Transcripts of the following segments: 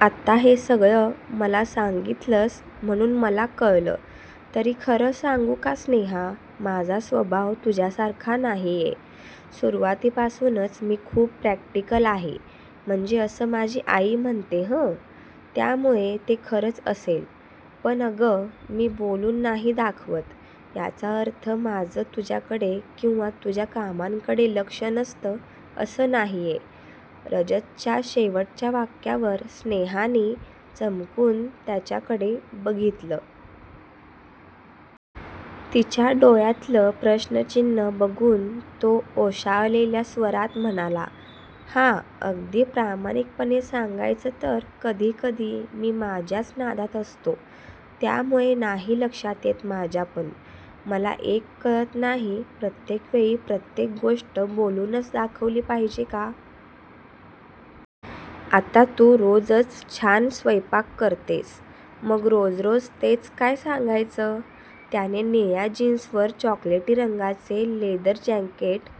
आत्ता हे सगळं मला सांगितलंस म्हणून मला कळलं तरीखरं सांगू का स्नेहा, माझा स्वभाव तुझ्यासारखा नाहीये. सुरुवातीपासूनच मी खूप प्रॅक्टिकल आहेम्हणजे असं माझी आई म्हणते हं! त्यामुळे ते खरंच असेल. पण अगं, मी बोलून नाही दाखवत याचा अर्थ माझं तुझ्याकडे किंवा तुझ्या कामांकडे लक्ष नसतं असं नाहीये" रजतच्या शेवटच्या वाक्यावर स्नेहानी चमकून त्याच्याकडे बघितलं. तिच्या डोळ्यातलं प्रश्नचिन्ह बघून तो ओशाळलेल्या स्वरात म्हणाला," हां, अगदी प्रामाणिकपणे सांगायचं तर कधीकधी मी माझ्याच नादात असतो त्यामुळे नाही लक्षात येत माझ्यापण मला एक कळत नाहीप्रत्येक वेळी प्रत्येक गोष्ट बोलूनच दाखवली पाहिजे का? आता तू रोजच छान स्वैपाक करतेस; मग रोज रोज तेच काय सांगायचं! त्याने निळ्या जीन्सवर चॉकलेटी रंगाचे लेदर जँकेट,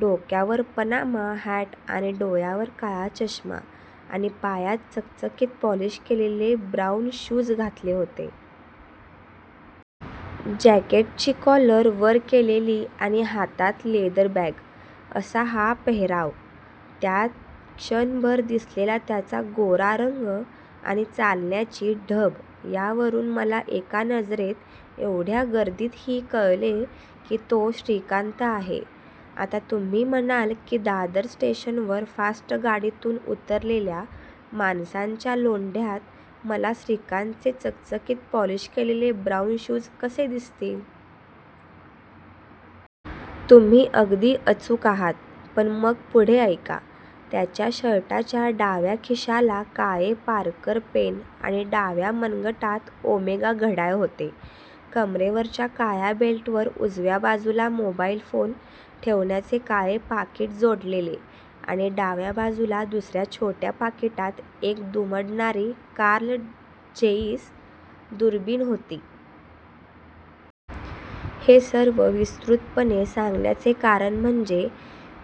डोक्यावर पनामा हँट आणि डोळ्यावर काळा चष्मा आणि पायात चकचकीत पॉलिश केलेले ब्राऊन शूज घातले होते. जँकेटची कॉलर वर केलेली आणि हातात लेदर बँग असा हा पेहेराव, त्यात क्षणभर दिसलेला त्याचा गोरा रंग आणि चालण्याची ढब यावरून मला एका नजरेत एवढ्या गर्दीतही कळले की तो श्रीकांत आहे. आता तुम्ही म्हणाल की दादर स्टेशनवर फास्ट गाडीतून उतरलेल्या माणसांच्या लोंढ्यात मला श्रीकांतचे चकचकीत पॉलिश केलेले ब्राऊन शूज कसे दिसतील? तुम्ही अगदी अचूक आहात पण मग पुढे ऐका! त्याच्या शर्टाच्या डाव्या खिशाला काळे पारकर पेन आणि डाव्या मनगटात ओमेगा घड्याळ होते. कमरेवरच्या काळ्या बेल्टवर उजव्या बाजूला मोबाईल फोन ठेवण्याचे काळे पाकीट जोडलेले आणि डाव्या बाजूला दुसऱ्या छोट्या पाकिटात एक दुमडणारी कार्ल झेईस दुर्बिण होती. हे सर्व विस्तृतपणे सांगण्याचे कारण म्हणजे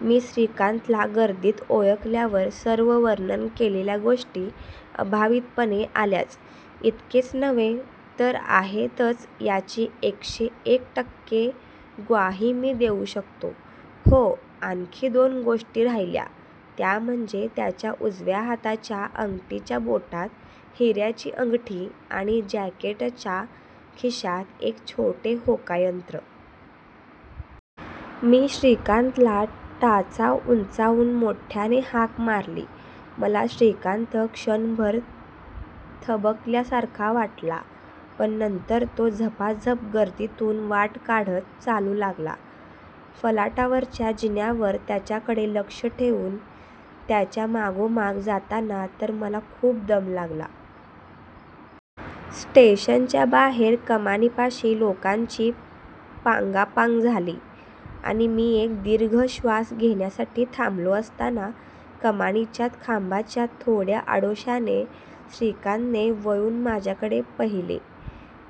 मी श्रीकांतला गर्दीत ओळखल्यावर सर्व वर्णन केलेल्या गोष्टी अभावितपणे आल्याच. इतकेच नव्हे तर आहेतच याची एकशे एक टक्के ग्वाही मी देऊ शकतो. हो, आणखी दोन गोष्टी राहिल्या त्या म्हणजे त्याच्या उजव्या हाताच्या अंगठीच्या बोटात हिऱ्याची अंगठी आणि जँकेटच्या खिशात एक छोटे होकायंत्र! मी श्रीकांतला टाचा उंचावून मोठ्याने हाक मारली. मला श्रीकांत क्षणभर थबकल्या सारखा वाटला पण नंतर तो झपाझप गर्दीतून वाट काढत चालू लागला. फलाटावरच्या जिन्यावर त्याच्याकडे लक्ष ठेऊन त्याच्या मागोमाग जाताना तर मला खूप दम लागला. स्टेशनच्या बाहेर कमानीपाशी लोकांची पांगापांग झाली आणि मी एक दीर्घ श्वास घेण्यासाठी थांबलो असताना कमानीच्या खांबाच्या थोड्या आडोशाने श्रीकांतने वळून माझ्याकडे पहिले.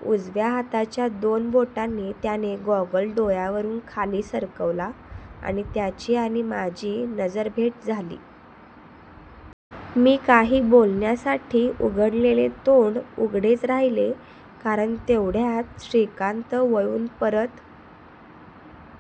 उजव्या हाताच्या दोन बोटांनी त्याने गॉगल डोळ्यावरून खाली सरकवला आणि त्याची आणि माझी नजरभेट झाली. मी काही बोलण्यासाठी उघडलेले तोंड उघडेच राहिले कारण तेवढ्यात श्रीकांत वळून परत